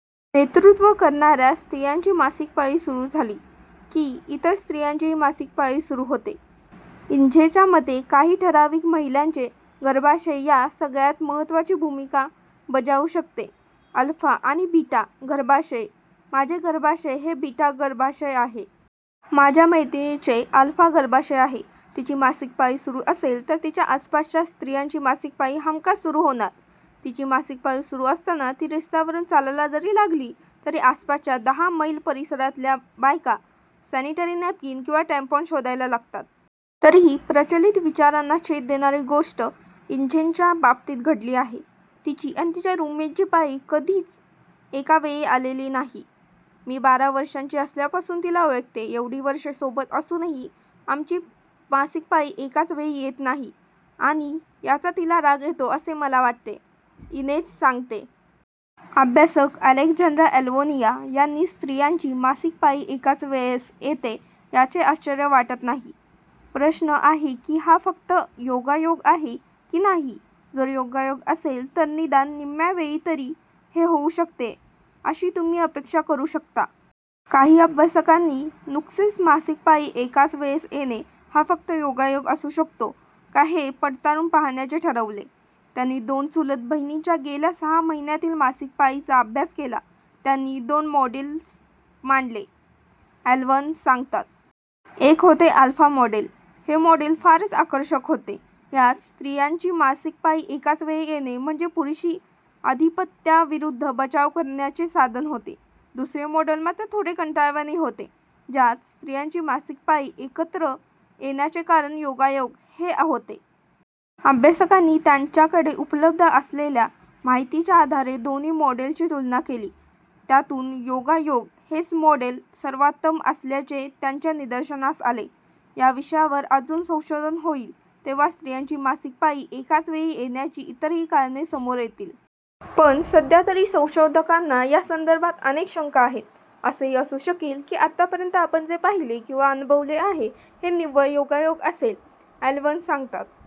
नेतृत्व करणाऱ्या स्त्रीची मासिक पाळी सुरू झाली की, इतर स्त्रियांचीही मासिक पाळी सुरू होते. इनेझच्या मते, काही ठराविक महिलांचे गर्भाशय या सगळ्यात महत्त्वाची भूमिका बजावू शकते. अल्फा आणि बीटा गर्भाशय - "माझे गर्भाशय हे बीटा गर्भाशय आहे. माझ्या मैत्रिणीचे अल्फा गर्भाशय आहे. तिची मासिक पाळी सुरू असेल तर तिच्या आसपासच्या स्त्रियांची मासिक पाळी हमखास सुरू होणार. तिची मासिक पाळी सुरू असताना ती रस्त्यावरून चालायला जरी लागली तरी आसपासच्या दहा मैल परिसरातल्या बायका सॅनिटरी नॅपकिन किंवा टॅम्पॉन शोधायला लागतात." तरीही प्रचलित विचारांना छेद देणारी गोष्ट इनेझच्या बाबतीत घडली आहे. तिची आणि तिच्या रूममेटची पाळी कधीच एका वेळी आलेली नाही. "मी बारा वर्षांची असल्यापासून तिला ओळखते. एवढी वर्षे सोबत असूनही आमची मासिक पाळी एकाच वेळी येत नाही आणि याचा तिला राग येतो असे मला वाटते," इनेझ सांगते. अभ्यासक अलेक्झांड्रा ॲलव्हर्न यांना स्त्रियांची मासिक पाळी एकाच वेळेस येते याचे आश्चर्य वाटत नाही. "प्रश्न हा आहे की हा फक्त योगायोग आहे की नाही? जर योगायोग असेल तर निदान निम्म्या वेळी तरी हे होऊ शकते अशी तुम्ही अपेक्षा करू शकता. काही अभ्यासकांनी नुकतेच मासिक पाळी एकाच वेळेस येणे हा फक्त योगायोग असू शकतो का हे पडताळून पाहण्याचे ठरवले. त्यांनी दोन चुलत बहिणींच्या गेल्या सहा वर्षांतील मासिक पाळीचा अभ्यास केला." "त्यांनी दोन मॉडेल्स मांडले," ॲलव्हर्न सांगतात. "एक होते 'अल्फा' मॉडेल. हे मॉडेल फारच आकर्षक होते; यात स्त्रियांची मासिक पाळी एकाच वेळी येणे म्हणजे पुरुषी अधिपत्याविरुद्ध बचाव करण्याचे साधन होते. दुसरे मॉडेल मात्र थोडे कंटाळवाणे होते, ज्यात स्त्रियांची मासिक पाळी एकत्र येण्याचे कारण योगायोग हे होते. अभ्यासकांनी त्यांच्याकडे उपलब्ध असलेल्या माहितीच्या आधारे दोन्ही मॉडेल्सची तुलना केली. त्यातून 'योगायोग' हेच मॉडेल सर्वोत्तम असल्याचे त्यांच्या निदर्शनास आले. या विषयावर अजून संशोधन होईल, तेव्हा स्त्रियांची मासिक पाळी एकाच वेळी येण्याची इतरही कारणे समोर येतील. पण सध्यातरी संशोधकांना या संदर्भात अनेक शंका आहेत. "असेही असू शकेल की, आतापर्यंत आपण जे पाहिले किंवा अनुभवले आहे, हा निव्वळ योगायोग असेल," ॲलव्हर्न सांगतात.